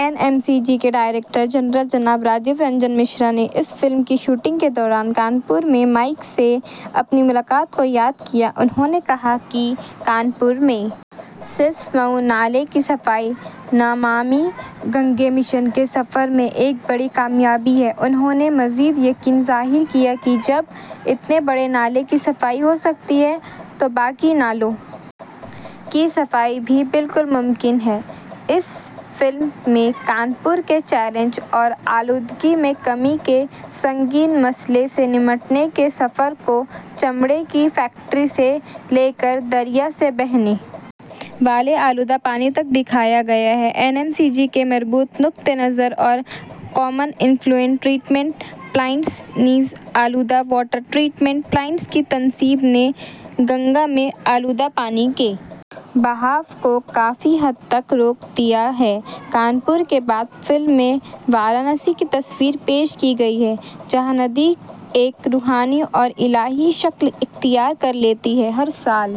N M C G کے director general جناب راجیو رنجن مشرا نے اس فلم کی شوٹنگ کے دوران کانپور میں مائیک سے اپنی ملاقات کو یاد کیا انہوں نے کہا کہ کانپور میں سیسماؤ نالے کی صفائی نمامی گنگے مشن کے سفر میں ایک بڑی کامیابی ہے انہوں نے مزید یقین ظاہر کیا کہ جب اتنے بڑے نالے کی صفائی ہو سکتی ہے تو باقی نالوں کی صفائی بھی بالکل ممکن ہے اس فلم میں کانپور کے چیلنج اور آلودگی میں کمی کے سنگین مسئلے سے نمٹنے کے سفر کو چمڑے کی فیکٹری سے لے کر دریا میں بہنے والے آلودہ پانی تک دکھایا گیا ہے این ایم سی جی کے مربوط نقطہ نظر اور کامن ایفلوئنٹ ٹریٹمنٹ پلانٹس نیز آلودہ واٹر ٹریٹمنٹ پلانٹس کی تنصیب نے گنگا میں آلودہ پانی کے بہاؤ کو کافی حد تک روک دیا ہے کانپور کے بعد فلم میں وارانسی کی تصویر پیش کی گئی ہے جہاں ندی ایک روحانی اور الہی شکل اختیار کر لیتی ہے ہر سال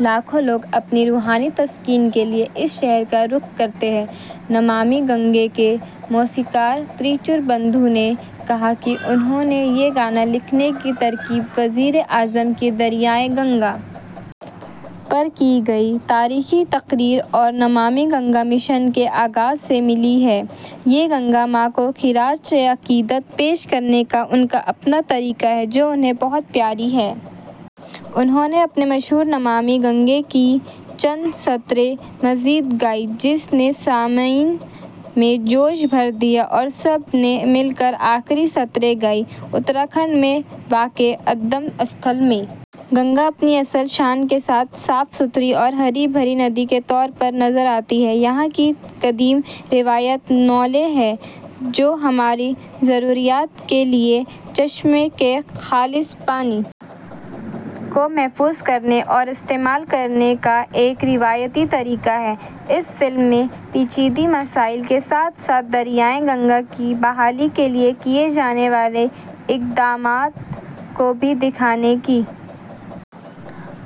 لاکھوں لوگ اپنی روحانی تسکین کے لیے اس شہر کا رخ کرتے ہیں نمامی گنگے کے موسیقار تریچور بندھو نے کہا کہ انہیں یہ گانا لکھنے کی ترغیب وزیر اعظم کی دریائے گنگا پر کی گئی تاریخی تقریر اور نمامی گنگا مشن کے آغاز سے ملی ہے یہ گنگا ماں کو خراج عقیدت پیش کرنے کا ان کا اپنا طریقہ ہے جو انہیں بہت پیاری ہے انہوں نے اپنے مشہور نمامی گنگے گانے کی چند سطریں مزید گائیں جس نے سامعین میں جوش بھر دیا اور سب نے مل کر آخری سطریں گائیں اتراکھنڈ میں واقع ادگم استھل میں گنگا اپنی اصل شان کے ساتھ صاف ستھری اور ہری بھری ندی کے طور پر نظر آتی ہے یہاں کی قدیم روایت نولہ ہے جو ہماری ضروریات کے لیے چشمے کے خالص پانی کو محفوظ کرنے اور استعمال کرنے کا ایک روایتی طریقہ ہے اس فلم میں پیچیدہ مسائل کے ساتھ ساتھ دریائے گنگا کی بحالی کے لیے کیے جانے والے اقدامات کو بھی دکھانے کی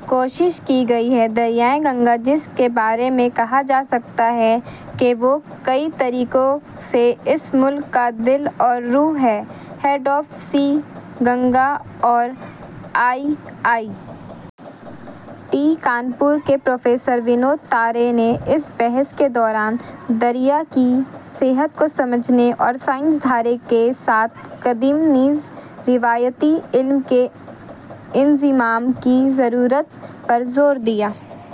کوشش کی گئی ہے دریائے گنگا جس کے بارے میں کہا جا سکتا ہے کہ وہ کئی طریقوں سے اس ملک کا دل اور روح ہے ہیڈ آف سی گنگا اور آئی آئی ٹی کانپور کے پروفیسر ونود تارے نے اس بحث کے دوران دریا کی صحت کو سمجھنے اور سائنسی دھارے کے ساتھ قدیم نیز روایتی علم کے انضمام کی ضرورت پر زور دیا